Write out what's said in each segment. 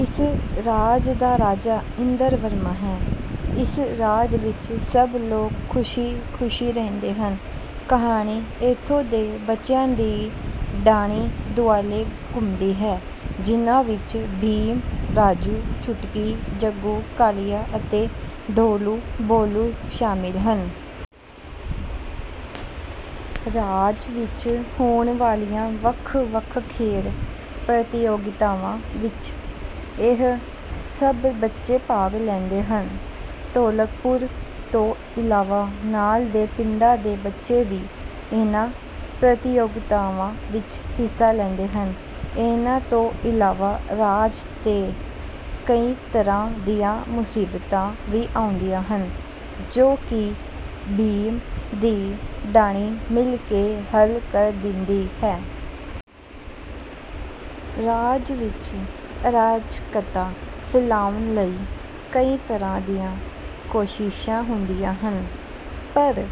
ਇਸ ਰਾਜ ਦਾ ਰਾਜਾ ਇੰਦਰਵਰਮਾ ਹੈ। ਇਸ ਰਾਜ ਵਿੱਚ ਸਭ ਲੋਕ ਖੁਸ਼ੀ ਖੁਸ਼ੀ ਰਹਿੰਦੇ ਹਨ। ਕਹਾਣੀ ਇੱਥੋਂ ਦੇ ਬੱਚਿਆਂ ਦੀ ਢਾਣੀ ਦੁਆਲੇ ਘੁੰਮਦੀ ਹੈ ਜਿੰਨਾ ਵਿੱਚ ਭੀਮ ਰਾਜੂ ਚੁਟਕੀ ਜੱਗੂ ਕਾਲੀਆ ਅਤੇ ਢੋਲੂ ਭੋਲੂ ਸ਼ਾਮਿਲ ਹਨ। ਰਾਜ ਵਿੱਚ ਹੋਣ ਵਾਲੀਆਂ ਵੱਖ ਵੱਖ ਖੇਡ ਪ੍ਰਤੀਯੋਗਿਤਾਵਾਂ ਵਿੱਚ ਇਹ ਸਭ ਬੱਚੇ ਭਾਗ ਲੈਂਦੇ ਹਨ। ਢੋਲਕਪੁਰ ਤੋਂ ਇਲਾਵਾ ਨਾਲ ਦੇ ਪਿੰਡਾਂ ਦੇ ਬੱਚੇ ਵੀ ਇਹਨਾਂ ਪ੍ਰਤੀਯੋਗਿਤਾਵਾਂ ਵਿੱਚ ਹਿੱਸਾ ਲੈਂਦੇ ਹਨ। ਇਹਨਾਂ ਤੋਂ ਇਲਾਵਾ ਰਾਜ ਤੇ ਕਈ ਤਰ੍ਹਾਂ ਦੀਆਂ ਮੁਸੀਬਤਾਂ ਵੀ ਆਉਂਦੀਆਂ ਹਨ ਜੋ ਕਿ ਭੀਮ ਦੀ ਢਾਣੀ ਮਿਲ ਕੇ ਹੱਲ ਕਰ ਦਿੰਦੀ ਹੈ। ਰਾਜ ਵਿੱਚ ਅਰਾਜਕਤਾ ਫੈਲਾਉਣ ਲਈ ਕਈ ਤਰ੍ਹਾਂ ਦੀਆਂ ਕੋਸ਼ਿਸ਼ਾਂ ਹੁੰਦੀਆਂ ਹਨ ਪਰ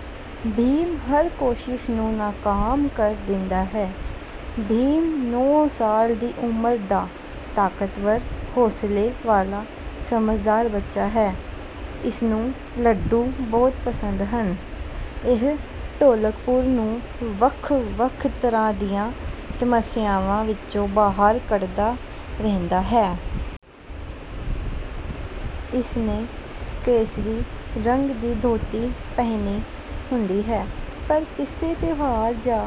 ਭੀਮ ਹਰ ਕੋਸ਼ਿਸ਼ ਨੂੰ ਨਾਕਾਮ ਕਰ ਦਿੰਦਾ ਹੈ। ਭੀਮ ਨੌ ਸਾਲ ਦੀ ਉਮਰ ਦਾ ਤਾਕਤਵਰ ਹੌਸਲੇ ਵਾਲਾ ਸਮਝਦਾਰ ਬੱਚਾ ਹੈ। ਇਸਨੂੰ ਲੱਡੂ ਬਹੁਤ ਪਸੰਦ ਹਨ ਇਹ ਢੋਲਕਪੁਰ ਨੂੰ ਵੱਖ ਵੱਖ ਤਰ੍ਹਾਂ ਦੀਆਂ ਸਮੱਸਿਆਵਾਂ ਵਿੱਚੋਂ ਬਾਹਰ ਕੱਢਦਾ ਰਹਿੰਦਾ ਹੈ। ਇਸਨੇ ਕੇਸਰੀ ਰੰਗ ਦੀ ਧੋਤੀ ਪਹਿਨੀ ਹੁੰਦੀ ਹੈ ਪਰ ਕਿਸੇ ਤਿਉਹਾਰ ਜਾਂ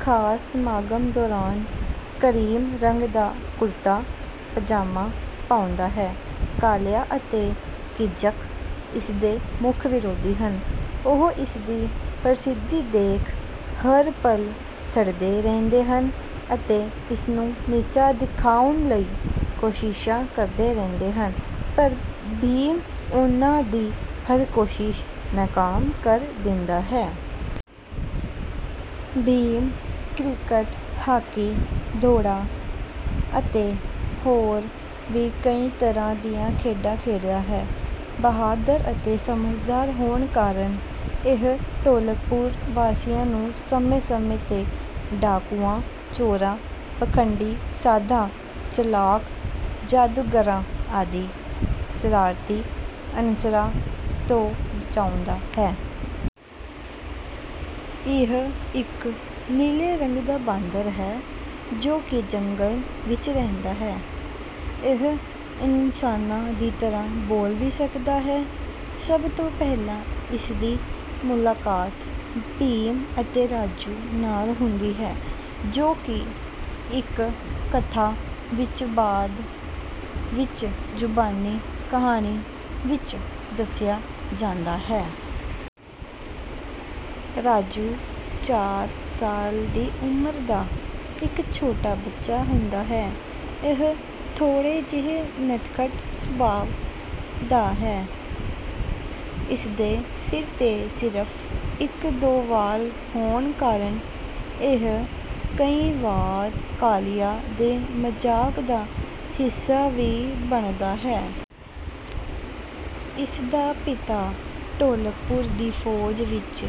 ਖਾਸ ਸਮਾਗਮ ਦੌਰਾਨ ਕਰੀਮ ਰੰਗ ਦਾ ਕੁੜਤਾ ਪਜਾਮਾ ਪਾਉਂਦਾ ਹੈ। ਕਾਲੀਆ ਅਤੇ ਕੀਚਕ ਇਸਦੇ ਮੁੱਖ ਵਿਰੋਧੀ ਹਨ। ਉਹ ਇਸਦੀ ਪ੍ਰਸਿੱਧੀ ਦੇਖ ਹਰ ਪਲ ਸੜਦੇ ਰਹਿੰਦੇ ਹਨ ਅਤੇ ਇਸਨੂੰ ਨੀਚਾ ਦਿਖਾਉਣ ਲਈ ਕੋਸ਼ਿਸ਼ਾਂ ਕਰਦੇ ਰਹਿੰਦੇ ਹਨ ਪਰ ਭੀਮ ਉਨ੍ਹਾਂ ਦੀ ਹਰ ਕੋਸ਼ਿਸ਼ ਨਾਕਾਮ ਕਰ ਦਿੰਦਾ ਹੈ। ਭੀਮ ਕ੍ਰਿਕਟ ਹਾਕੀ ਦੌੜਾਂ ਅਤੇ ਹੋਰ ਵੀ ਕਈ ਤਰ੍ਹਾਂ ਦੀਆਂ ਖੇਡਾਂ ਖੇਡਦਾ ਹੈ। ਬਹਾਦਰ ਅਤੇ ਸਮਝਦਾਰ ਹੋਣ ਕਾਰਨ ਇਹ ਢੋਲਕਪੁਰ ਵਾਸੀਆਂ ਨੂੰ ਸਮੇਂ ਸਮੇਂ ਤੇ ਡਾਕੂਆਂ ਚੋਰਾਂ ਪਖੰਡੀ ਸਾਧਾਂ ਚਲਾਕ ਜਾਦੂਗਰਾਂ ਆਦਿ ਸ਼ਰਾਰਤੀ ਅਨਸਰਾਂ ਤੋਂ ਬਚਾਉਂਦਾ ਹੈ। ਇਹ ਇੱਕ ਨੀਲੇ ਰੰਗ ਦਾ ਬਾਂਦਰ ਹੈ ਜੋ ਕਿ ਜੰਗਲ ਵਿੱਚ ਰਹਿੰਦਾ ਹੈ। ਇਹ ਇਨਸਾਨਾਂ ਦੀ ਤਰ੍ਹਾਂ ਬੋਲ ਵੀ ਸਕਦਾ ਹੈ। ਸਭ ਤੋਂ ਪਹਿਲਾਂ ਇਸਦੀ ਮੁਲਾਕਾਤ ਭੀਮ ਅਤੇ ਰਾਜੂ ਨਾਲ ਹੁੰਦੀ ਹੈ ਜੋ ਕਿ ਇੱਕ ਕਥਾ ਵਿੱਚ ਬਾਅਦ ਵਿੱਚ ਜ਼ੁਬਾਨੀ ਕਹਾਣੀ ਵਿੱਚ ਦੱਸਿਆ ਜਾਂਦਾ ਹੈ। ਰਾਜੂ ਚਾਰ ਸਾਲ ਦੀ ਉਮਰ ਦਾ ਇੱਕ ਛੋਟਾ ਬੱਚਾ ਹੁੰਦਾ ਹੈ। ਇਹ ਥੋੜ੍ਹੇ ਜਿਹੇ ਨਟਖਟ ਸੁਭਾਅ ਦਾ ਹੈ। ਇਸਦੇ ਸਿਰ ਤੇ ਸਿਰਫ ਇੱਕ ਦੋ ਵਾਲ ਹੋਣ ਕਾਰਨ ਇਹ ਕਈ ਵਾਰ ਕਾਲੀਆ ਦੇ ਮਜ਼ਾਕ ਦਾ ਹਿੱਸਾ ਵੀ ਬਣਦਾ ਹੈ। ਇਸਦਾ ਪਿਤਾ ਢੋਲਕਪੁਰ ਦੀ ਫੌਜ ਵਿੱਚ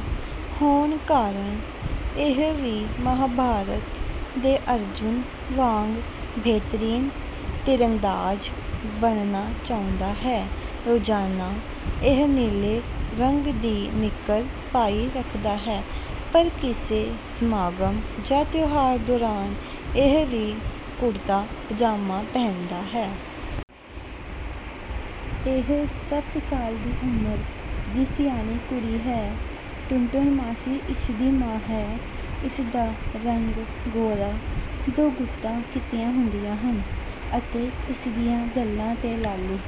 ਹੋਣ ਕਾਰਨ ਇਹ ਵੀ ਮਹਾਭਾਰਤ ਦੇ ਅਰਜੁਨ ਵਾਂਗ ਬਿਹਤਰੀਨ ਤੀਰਅੰਦਾਜ਼ ਬਣਨਾ ਚਾਹੁੰਦਾ ਹੈ। ਰੋਜ਼ਾਨਾ ਇਹ ਨੀਲੇ ਰੰਗ ਦੀ ਨਿੱਕਰ ਪਾਈ ਰੱਖਦਾ ਹੈ ਪਰ ਕਿਸੇ ਸਮਾਗਮ ਜਾਂ ਤਿਉਹਾਰ ਦੌਰਾਨ ਇਹ ਵੀ ਕੁੜਤਾ ਪਜਾਮਾ ਪਹਿਨਦਾ ਹੈ। ਇਹ ਸਤ ਸਾਲ ਦੀ ਉਮਰ ਦੀ ਸਿਆਣੀ ਕੁੜੀ ਹੈ। ਟੁਨਟੁਨ ਮਾਸੀ ਇਸਦੀ ਮਾਂ ਹੈ। ਇਸਦਾ ਰੰਗ ਗੋਰਾ ਦੋ ਗੁੱਤਾਂ ਕੀਤੀਆਂ ਹੁੰਦੀਆਂ ਹਨ ਅਤੇ ਇਸਦੀਆਂ ਗੱਲਾਂ ਤੇ ਲਾਲੀ